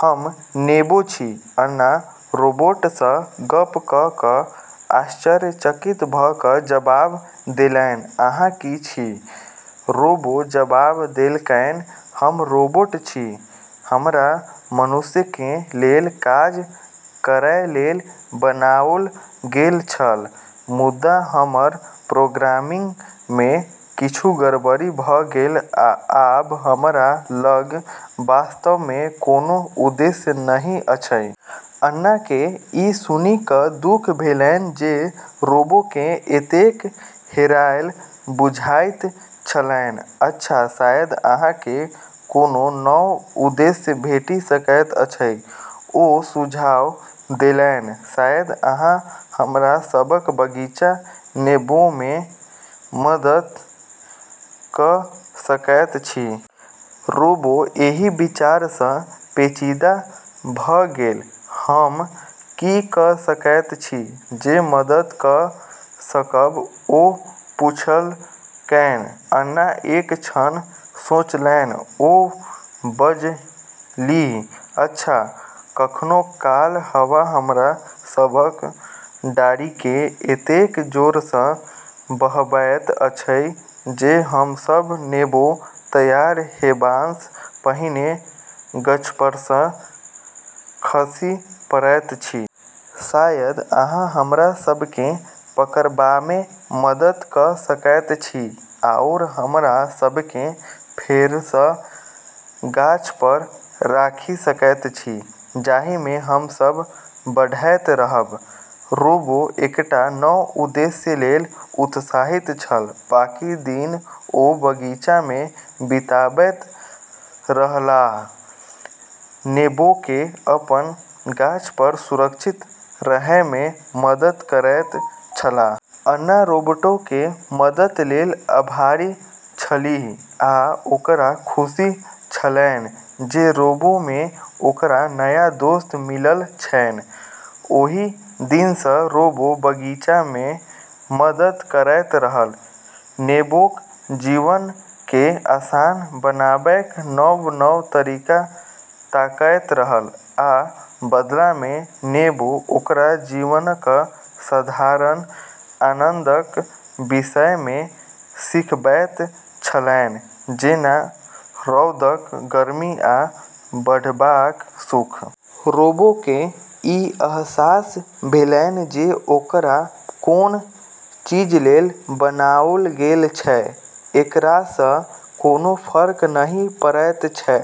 "हम नेबो छी" अन्ना रोबोटसँ गप्प कऽ कऽ आश्चर्यचकित भऽ कऽ जबाब देलैन। "अहाँ की छी? " रोबो जबाब देलकैन, "हम रोबोट छी।" "हमरा मनुष्यकेँ लेल काज करैलेल बनाओल गेल छल, मुदा हमर प्रोग्रामिंगमे किछु गड़बड़ी भऽ गेल, आ आब हमरा लग वास्तवमे कोनो उद्देश्य नहि अछि।" अन्नाकेँ ई सुनि कऽ दुख भेलैन जे रोबोकेँ एतेक हेरायल बुझाइत छलैन। "अच्छा, शायद अहाँकेँ कोनो नव उद्देश्य भेटि सकैत अछि" ओ सुझाव देलैन। "शायद अहाँ हमरा सभक बगीचामे नेबोमे मदद कऽ सकैत छी।" रोबो एहि विचारसँ पेचीदा भऽ गेल। "हम की कऽ सकैत छी जे मदद कऽ सकब? " ओ पुछलकैन। अन्ना एक क्षण सोचलैन। ओ बजलीह, "अच्छा, कखनो काल हवा हमरा सभक डारिकेँ एतेक जोरसँ बहबैत अछि जे हम सभ नेबो तैयार हेबासँ पहिने गाछपरसँ खसि पड़ैत छी।" "शायद अहाँ हमरा सभकेँ पकड़बामे मदद कऽ सकैत छी आओर हमरा सभकेँ फेरसँ गाछपर राखि सकैत छी जाहिमे हम सभ बढ़ैत रहब।" रोबो एकटा नव उद्देश्यलेल उत्साहित छल। बाकी दिन ओ बगीचामे बिताबैत रहलाह, नेबोकेँ अपन गाछपर सुरक्षित रहैमे मदद करैत छलाह। अन्ना रोबोटकेँ मददलेल आभारी छलीह, आ ओकरा खुशी छलैन जे रोबोमे ओकरा नया दोस्त मिलल छैन। ओहि दिनसँ रोबो बगीचामे मदद करैत रहल, नेबोक जीवनकेँ आसान बनाबैक नव-नव तरीका ताकैत रहल। आ बदलामे नेबो ओकरा जीवनक साधारण आनंदक विषयमे सिखबैत छलैन, जेना रौदक गर्मी आ बढ़बाक सुख। रोबोकेँ ई अहसास भेलैन जे ओकरा कोन चीजलेल बनाओल गेल छै, एकरासँ कोनो फर्क नहि पड़ैत छै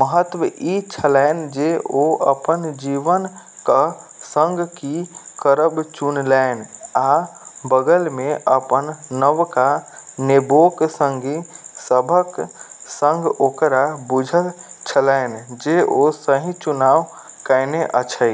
महत्व ई छलैन जे ओ अपन जीवनक संग की करब चुनलैन। आ बगलमे अपन नवका नेबोक संगी सभक संग ओकरा बुझल छलैन जे ओ सही चुनाव कएने अछि।